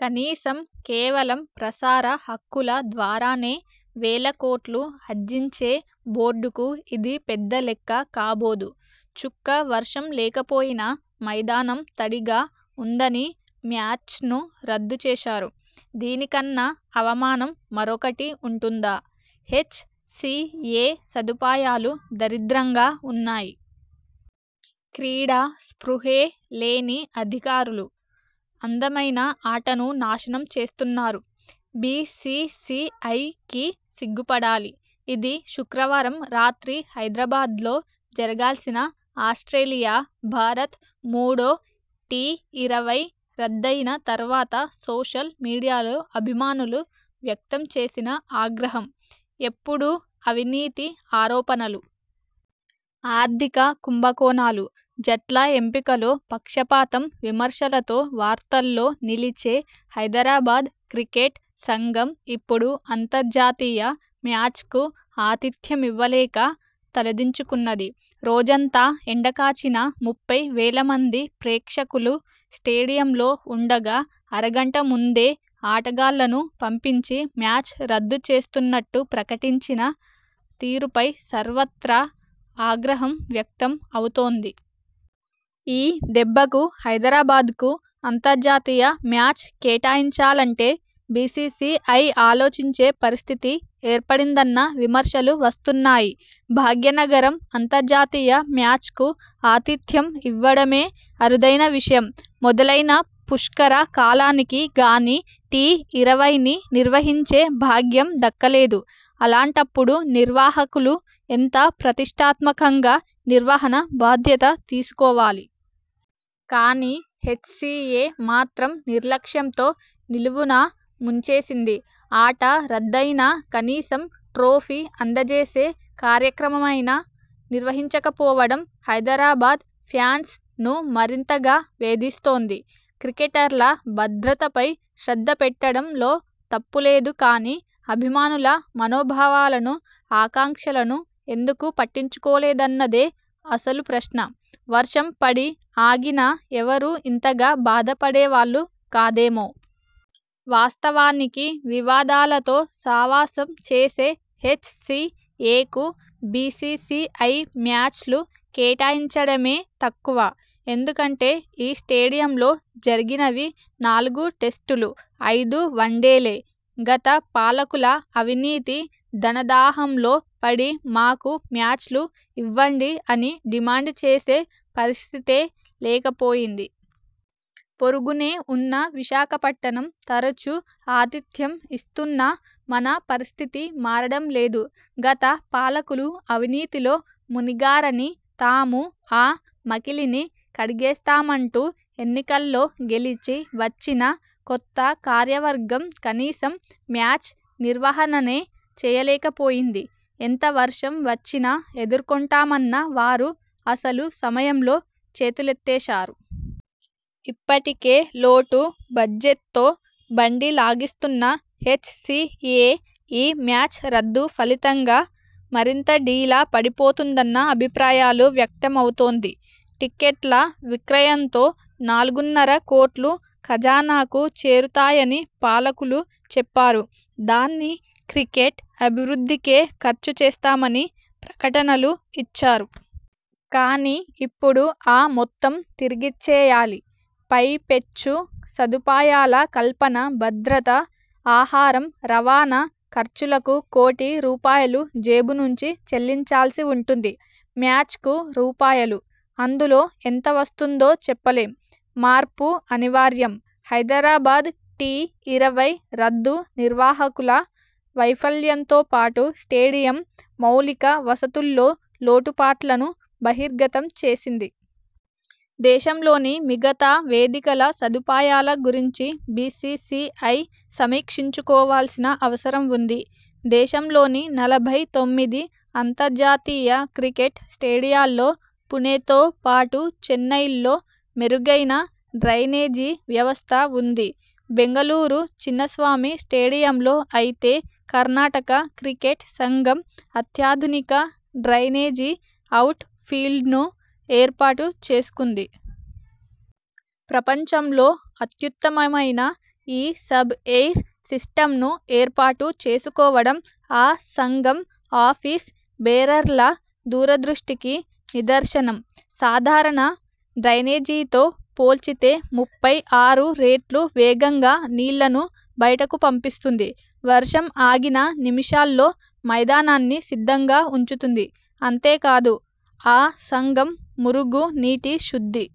కనీసం.. కేవలం ప్రసార హక్కుల ద్వారానే వేల కోట్లు అర్జించే బోర్డుకు ఇది పెద్ద లెక్క కాబోదు..!. 'చుక్క వర్షం లేకపోయినా మైదానం తడిగా ఉందని మ్యాచ్ను రద్దు చేశారు. దీనికన్నా అవమానం మరొకటి ఉంటుందా? ' 'హెచ్ సి ఏ సదుపాయాలు దరిద్రంగా ఉన్నా యి. క్రీడా స్పృహే లేని అధికారులు.. అందమైన ఆటను నాశనం చేస్తున్నారు. బీ సీ సీ ఐ కి సిగ్గుపడాలి'. ఇది.. శుక్రవారం రాత్రి హైదరాబాద్లో జరగాల్సిన ఆస్ట్రేలియా-భారత్ మూడో టీ-ఇరవై రద్దయిన తర్వాత సోషల్ మీడియాలో అభిమానులు వ్యక్తం చేసిన ఆగ్రహం..! ఎప్పుడూ అవినీతి ఆరోపణలు.. ఆర్థిక కుంభకోణాలు.. జట్ల ఎంపికలో పక్షపాతం విమర్శలతో వార్తల్లో నిలిచే హైదరాబాద్ క్రికెట్ సంఘం ఇప్పుడు అంతర్జాతీయ మ్యాచ్కు ఆతిథ్యమివ్వలేక తలదించుకున్నది..! రోజంతా ఎండకాచినా.. ముప్పై వేల మంది ప్రేక్షకులు స్టేడియంలో ఉండగా, అరగంట ముందే ఆటగాళ్లను పంపించి, మ్యాచ్ రద్దు చేస్తున్నట్టు ప్రకటించిన తీరుపై సర్వత్రా ఆగ్రహం వ్యక్తం అవుతోంది..! ఈ దెబ్బకు హైదరాబాద్కు అంతర్జాతీయ మ్యాచ్ కేటాయించాలంటే బీ సీ సీ ఐ ఆలోచించే పరిస్థితి ఏర్పడిందన్న విమర్శలు వస్తున్నాయి..! భాగ్యనగరం అంతర్జాతీయ మ్యాచ్కు ఆతిథ్యం ఇవ్వడమే అరుదైన విషయం. మొదలైన పుష్కర కాలానికి గానీ టీ-ఇరవైని నిర్వహించే భాగ్యం దక్కలేదు. అలాంటప్పుడు నిర్వాహకులు ఎంత ప్రతిష్టాత్మకంగా నిర్వహణ బాధ్యత తీసుకోవాలి. కానీ, హెచ్సీఏ మాత్రం నిర్లక్ష్యంతో నిలువునా ముంచేసింది. ఆట రద్దయినా, కనీసం ట్రోఫీ అందజేసే కార్యక్రమమైనా నిర్వహించకపోవడం హైదరాబాద్ ఫ్యాన్స్ ను మరింతగా వేధిస్తోంది. క్రికెటర్ల భద్రతపై శ్రద్ధ పెట్టడం లో తప్పులేదు కానీ, అభిమానుల మనోభావాలను, ఆకాంక్షలను ఎందుకు పట్టించుకోలేదన్నదే అసలు ప్రశ్న.! వర్షం పడి ఆగినా ఎవరూ ఇంతగా బాధపడేవాళ్లు కాదేమో! వాస్తవానికి వివాదాలతో సావాసం చేసే హెచ్ సి ఏ కు బీ సీ సీ ఐ మ్యాచ్లు కేటాయించడమే తక్కువ. ఎందుకంటే ఈ స్టేడియంలో జరిగినవి నాలుగు టెస్టులు, ఐదు వన్డేలే.! గత పాలకుల అవినీతి ధనదాహంలో పడి మాకు మ్యాచ్లు ఇవ్వండి అని డిమాండ్ చేసే పరిస్థితే లేకపోయింది. పొరుగునే ఉన్న విశాఖపట్టణం తరచూ ఆతిథ్యం ఇస్తున్నా, మన పరిస్థితి మారడం లేదు. గత పాలకులు అవినీతిలో మునిగారని, తాము ఆ మకిలిని కడిగేస్తామంటూ ఎన్నికల్లో గెలిచి వచ్చిన కొత్త కార్యవర్గం కనీసం మ్యాచ్ నిర్వహణనే చేయలేకపోయింది. ఎంత వర్షం వచ్చినా ఎదుర్కొంటామన్న వారు అసలు సమయంలో చేతులెత్తేశారు. ఇప్పటికే లోటు బడ్జెట్తో బండి లాగిస్తున్న హెచ్ సి ఏ ఈ మ్యాచ్ రద్దు ఫలితంగా మరింత డీలా పడిపోతుందన్న అభిప్రాయాలు వ్యక్తం అవుతోంది. టిక్కెట్ల విక్రయంతో నాలుగున్నర కోట్లు ఖజానాకు చేరుతాయని పాలకులు చెప్పారు. దాన్ని క్రికెట్ అభివృద్ధికే ఖర్చు చేస్తామని ప్రకటనలూ ఇచ్చారు. కానీ, ఇప్పుడు ఆ మొత్తం తిరిగిచ్చేయాలి. పైపెచ్చు సదుపాయాల కల్పన, భద్రత, ఆహారం, రవాణా ఖర్చులకు కోటి రూపాయాలు జేబు నుంచి చెల్లించాల్సి ఉంటుంది. మ్యాచ్కు రూపాయలు. అందులో ఎంత వస్తుందో చెప్పలేం! మార్పు అనివార్యం హైదరాబాద్ టీ-ఇరవై రద్దు నిర్వాహకుల వైఫల్యంతోపాటు స్టేడియం మౌలిక వసతుల్లో లోటు పాట్లను బహిర్గతం చేసింది. దేశంలోని మిగతా వేదికల సదుపాయాల గురించి బీ సీ సీ ఐ సమీక్షించుకోవాల్సిన అవసరం ఉంది. దేశంలోని నలభై తొమ్మిది అంతర్జాతీయ క్రికెట్ స్టేడియాల్లో పుణెతో పాటు చెన్నైల్లో మెరుగైన డ్రైనేజీ వ్యవస్థ ఉంది. బెంగళూరు చిన్నస్వామి స్టేడియంలో అయితే కర్ణాటక క్రికెట్ సంఘం అత్యాధునిక డ్రైనేజీ, అవుట్ ఫీల్డ్ను ఏర్పాటు చేసుకుంది. ప్రపంచంలో అత్యుత్తమమైన ఈ సబ్ఎయిర్ సిస్టమ్ను ఏర్పాటు చేసుకోవడం ఆ సంఘం ఆఫీస్ బేరర్ల దూరదృష్టికి నిదర్శనం. సాధారణ డ్రైనేజీతో పోల్చితే ముప్పై ఆరు రెట్లు వేగంగా నీళ్లను బయటకు పంపిస్తుంది. వర్షం ఆగిన నిమిషాల్లో మైదానాన్ని సిద్ధంగా ఉంచుతుంది. అంతేకాదు ఆ సంఘం మురుగు నీటి శుద్ది